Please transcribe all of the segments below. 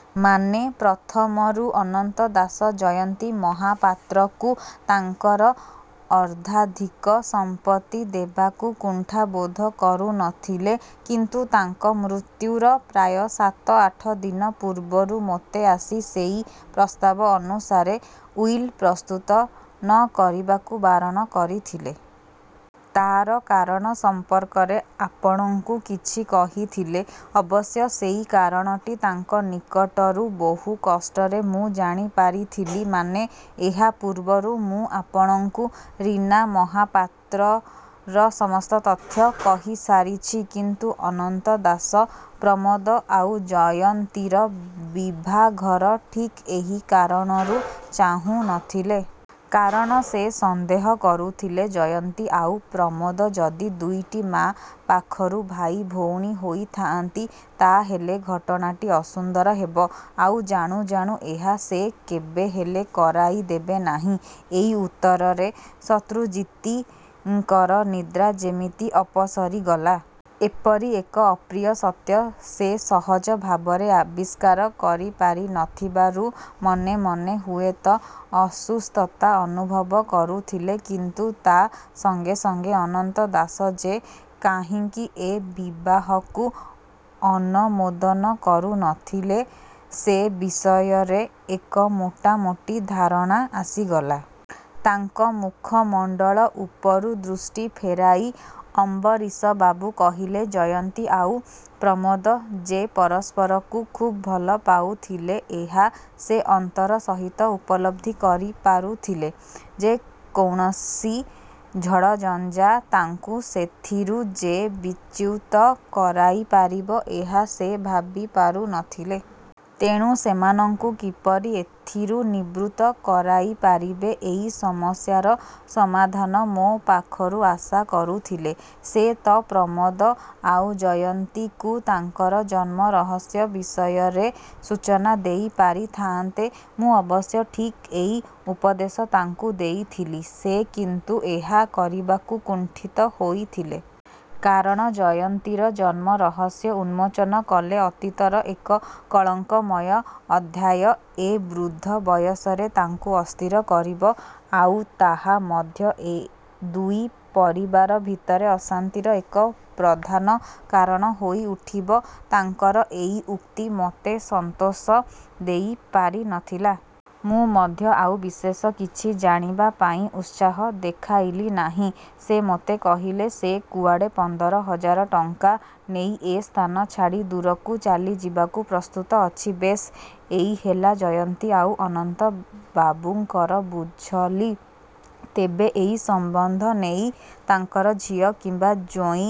' 'ମାନେ? ' 'ପ୍ରଥମରୁ ଅନନ୍ତ ଦାସ ଜୟନ୍ତୀ ମହାପାତ୍ରକୁ ତାଙ୍କର ଅର୍ଦ୍ଧାଧିକ ସମ୍ପତ୍ତି ଦେବାକୁ କୁଣ୍ଠା ବୋଧ କରୁ ନ ଥିଲେ। କିନ୍ତୁ ତାଙ୍କ ମୃତ୍ୟୁର ପ୍ରାୟ ସାତ ଆଠଦିନ ପୂର୍ବରୁ ମୋତେ ଆସି ସେଇ ପ୍ରସ୍ତାବ ଅନୁସାରେ ଉଇଲ୍ ପ୍ରସ୍ତୁତ ନ କରିବାକୁ ବାରଣ କରିଥିଲେ। ' 'ତା'ର କାରଣ ସଂପର୍କରେ ଆପଣଙ୍କୁ କିଛି କହିଥିଲେ? ' 'ଅବଶ୍ୟ ସେଇ କାରଣଟି ତାଙ୍କ ନିକଟରୁ ବହୁ କଷ୍ଟରେ ମୁଁ ଜାଣିପାରିଥିଲି। ' 'ମାନେ? ' 'ଏହା ପୂର୍ବରୁ ମୁଁ ଆପଣଙ୍କୁ ରୀନା ମହାପାତ୍ରର ସମସ୍ତ ତଥ୍ୟ କହିସାରିଛି। କିନ୍ତୁ ଅନନ୍ତ ଦାସ ପ୍ରମୋଦ ଆଉ ଜୟନ୍ତୀର ବିଭାଘର ଠିକ୍ ଏହି କାରଣରୁ ଚାହୁଁ ନଥିଲେ। କାରଣ ସେ ସନ୍ଦେହ କରୁଥିଲେ, ଜୟନ୍ତୀ ଆଉ ପ୍ରମୋଦ ଯଦି ଦୁଇଟି ମାଆ ପାଖରୁ ଭାଇ ଭଉଣୀ ହୋଇଥାଆନ୍ତି, ତା'ହେଲେ ଘଟଣାଟି ଅସୁନ୍ଦର ହେବ। ଆଉ ଜାଣୁ ଜାଣୁ ଏହା ସେ କେବେହେଲେ କରାଇଦେବେ ନାହିଁ। ' ଏଇ ଉତ୍ତରରେ ଶତ୍ରୁଜିତିଙ୍କର ନିଦ୍ରା ଯେମିତି ଅପସରି ଗଲା। ଏପରି ଏକ ଅପ୍ରିୟ ସତ୍ୟ ସେ ସହଜ ଭାବରେ ଆବିଷ୍କାର କରିପାରି ନ ଥିବାରୁ ମନେ ମନେ ହୁଏତ ଅସୁସ୍ଥତା ଅନୁଭବ କରୁଥିଲେ। କିନ୍ତୁ ତା' ସଙ୍ଗେ ସଙ୍ଗେ ଅନନ୍ତ ଦାସ ଯେ କାହିଁକି ଏ ବିବାହକୁ ଅନମୋଦନ କରୁ ନଥିଲେ ସେ ବିଷୟରେ ଏକ ମୋଟା ମୋଟି ଧାରଣା ଆସିଗଲା। ତାଙ୍କ ମୁଖମଣ୍ଡଳ ଉପରୁ ଦୃଷ୍ଟି ଫେରାଇ ଅମ୍ବରୀଶବାବୁ କହିଲେ, 'ଜୟନ୍ତୀ ଆଉ ପ୍ରମୋଦ ଯେ ପରସ୍ପରକୁ ଖୁବ୍ ଭଲ ପାଉଥିଲେ, ଏହା ସେ ଅନ୍ତର ସହିତ ଉପଲବ୍ଧି କରିପାରୁଥିଲେ। ଯେକୌଣସି ଝଡ଼ଝଞ୍ଜା ତାଙ୍କୁ ସେଥିରୁ ଯେ ବିଚ୍ୟୁତ କରାଇ ପାରିବ ଏହା ସେ ଭାବି ପାରୁ ନଥିଲେ। ତେଣୁ ସେମାନଙ୍କୁ କିପରି ଏଥିରୁ ନିବୃତ୍ତ କରାଇପାରିବେ-ଏଇ ସମସ୍ୟାର ସମାଧାନ ମୋ ପାଖରୁ ଆଶା କରୁଥିଲେ। ' 'ସେ ତ ପ୍ରମୋଦ ଆଉ ଜୟନ୍ତୀକୁ ତାଙ୍କର ଜନ୍ମ ରହସ୍ୟ ବିଷୟରେ ସୂଚନା ଦେଇପାରିଥାଆନ୍ତେ? ' 'ମୁଁ ଅବଶ୍ୟ ଠିକ୍ ଏଇ ଉପଦେଶ ତାଙ୍କୁ ଦେଇଥିଲି। ସେ କିନ୍ତୁ ଏହା କରିବାକୁ କୁଣ୍ଠିତ ହୋଇଥିଲେ। କାରଣ ଜୟନ୍ତୀର ଜନ୍ମ ରହସ୍ୟ ଉନ୍ମୋଚନ କଲେ ଅତୀତର ଏକ କଳଙ୍କମୟ ଅଧ୍ୟାୟ ଏ ବୃଦ୍ଧ ବୟସରେ ତାଙ୍କୁ ଅସ୍ଥିର କରିବ। ଆଉ ତାହା ମଧ୍ୟ ଦୁଇ ପରିବାର ଭିତରେ ଅଶାନ୍ତିର ଏକ ପ୍ରଧାନ କାରଣ ହୋଇଉଠିବ। ତାଙ୍କର ଏଇ ଉକ୍ତି ମୋତେ ସନ୍ତୋଷ ଦେଇ ପାରି ନ ଥିଲା। 'ମୁଁ ମଧ୍ୟ ଆଉ ବିଶେଷ କିଛି ଜାଣିବାପାଇଁ ଉତ୍ସାହ ଦେଖାଇଲି ନାହିଁ। ସେ ମୋତେ କହିଲେ, ସେ କୁଆଡ଼େ ପନ୍ଦର ହଜାର ଟଙ୍କା ନେଇ ଏ ସ୍ଥାନ ଛାଡ଼ି ଦୂରକୁ ଚାଲିଯିବାକୁ ପ୍ରସ୍ତୁତ ଅଛି-। ବେଶ୍, ଏଇ ହେଲା ଜୟନ୍ତୀ ଆଉ ଅନନ୍ତବାବୁଙ୍କର' 'ବୁଝଲି। ତେବେ ଏଇ ସମ୍ବନ୍ଧ ନେଇ ତାଙ୍କର ଝିଅ କିମ୍ବା ଜୋଇଁ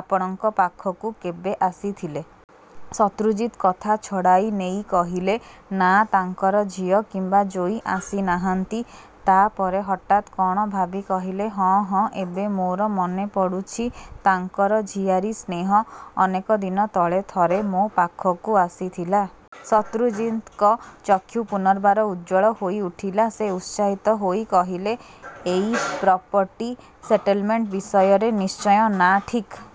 ଆପଣଙ୍କ ପାଖକୁ କେବେ ଆସିଥିଲେ? ' ଶତ୍ରୁଜିତ କଥା ଛଡ଼ାଇ ନେଇ କହିଲେ। 'ନା, ତାଙ୍କର ଝିଅ କିମ୍ବା ଜୋଇଁ ଆସିନାହାନ୍ତି। ' ତା'ପରେ ହଠାତ୍ କ'ଣ ଭାବି କହିଲେ, 'ହଁ ହଁ ଏବେ ମୋର ମନେପଡ଼ୁଛି, ତାଙ୍କର ଝିଆରୀ ସ୍ନେହ ଅନେକ ଦିନ ତଳେ ଥରେ ମୋ ପାଖକୁ ଆସିଥିଲା। ' ଶତ୍ରୁଜିତଙ୍କ ଚକ୍ଷୁ ପୁନର୍ବାର ଉଜ୍ଜ୍ୱଳ ହୋଇଉଠିଲା। ସେ ଉତ୍ସାହିତ ହୋଇ କହିଲେ, 'ଏଇ ପ୍ରପଟି ସେଟଲମେଣ୍ଟ ବିଷୟରେ ନିଶ୍ଚୟ। ' 'ନା, ଠିକ୍